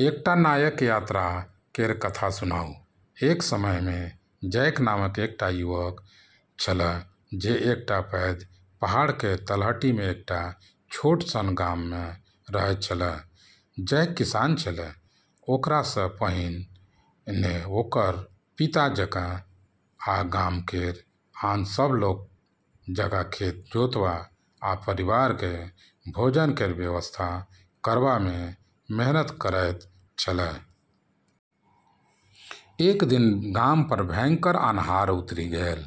एकटा नायक यात्रा केर कथा सुनाउ। एक समय मे जैक नामक एकटा युवक छल जे एकटा पैघ पहाड़ केर तलहटी मे एकटा छोट सन गाम मे रहैत छल। जैक किसान छल, ओकरा सँ पहिने ओकर पिता जकाँ, आ गाम केर आन सभ लोक जकाँ खेत जोतबा आ परिवार केर भोजन केर व्यवस्था करबा मे मेहनति करैत छल। एक दिन गाम पर भयंकर अन्हार उतरि गेल।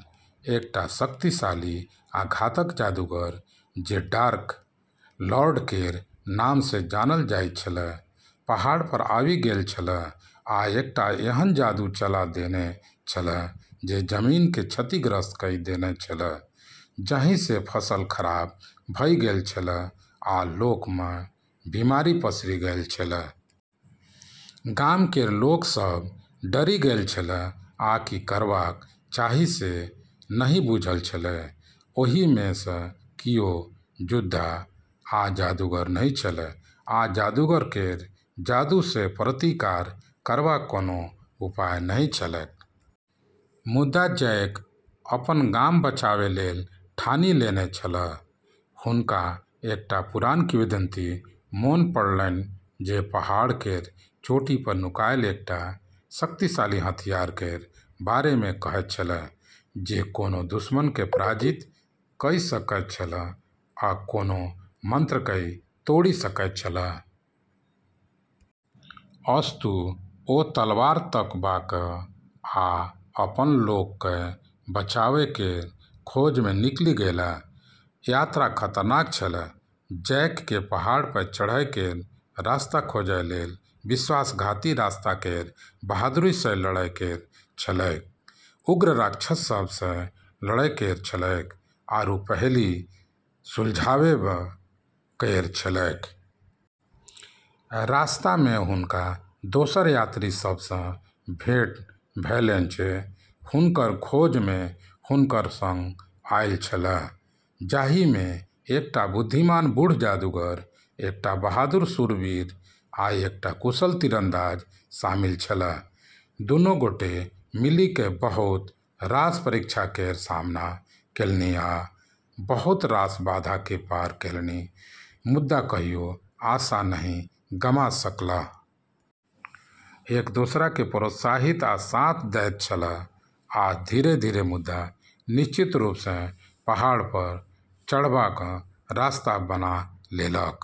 एकटा शक्तिशाली आ घातक जादूगर, जे डार्क लॉर्ड केर नाम सँ जानल जाइत छल, पहाड़ पर आबि गेल छल आ एकटा एहन जादू चला देने छल जे जमीन केँ क्षतिग्रस्त कऽ देने छल, जाहि सँ फसल खराब भऽ गेल छल आ लोक मे बीमारी पसरि गेल छल। गाम केर लोक सभ डरि गेल छल आ की करबाक चाही से नहि बुझल छल। ओहि मे सँ कियो योद्धा आ जादूगर नहि छल, आ जादूगर केर जादू सँ प्रतिकार करबाक कोनो उपाय नहि छलैक। मुदा जैक अपन गाम बचाबै लेल ठानि लेने छल। हुनका एकटा पुरान किंवदंती मोन पड़लैन जे पहाड़ केर चोटी पर नुकायल एकटा शक्तिशाली हथियार केर बारे मे कहैत छल, जे कोनो दुश्मन केँ पराजित कऽ सकैत छल आ कोनो मंत्र केँ तोड़ि सकैत छल। अस्तु, ओ तलवार तकबाक आ अपन लोक केँ बचाबै केर खोज मे निकलि गेलाह। यात्रा खतरनाक छल। जैक केँ पहाड़ पर चढ़ै केर रास्ता खोजै लेल विश्वासघाती रास्ता केर बहादुरी सँ लड़ै केर छलैक, उग्र राक्षस सभ सँ लड़ै केर छलैक, आरू पहेली सुलझाबै केर छलैक। रास्ता मे हुनका दोसर यात्री सभ सँ भेंट भेलैन जे हुनकर खोज मे हुनकर सँग आयल छलाह, जाहि मे एकटा बुद्धिमान बूढ़ जादूगर, एकटा बहादुर शूरवीर आ एकटा कुशल तीरंदाज शामिल छलाह। दुनू गोटे मिलि कऽ बहुत रास परीक्षा केर सामना केलनि आ बहुत रास बाधा केँ पार केलनि, मुदा कहियो आशा नहि गमा सकलाह। एक दोसरा केँ प्रोत्साहित आ साथ दैत छल, आ धीरे-धीरे मुदा निश्चित रूप सँ पहाड़ पर चढ़बाक रास्ता बना लेलक।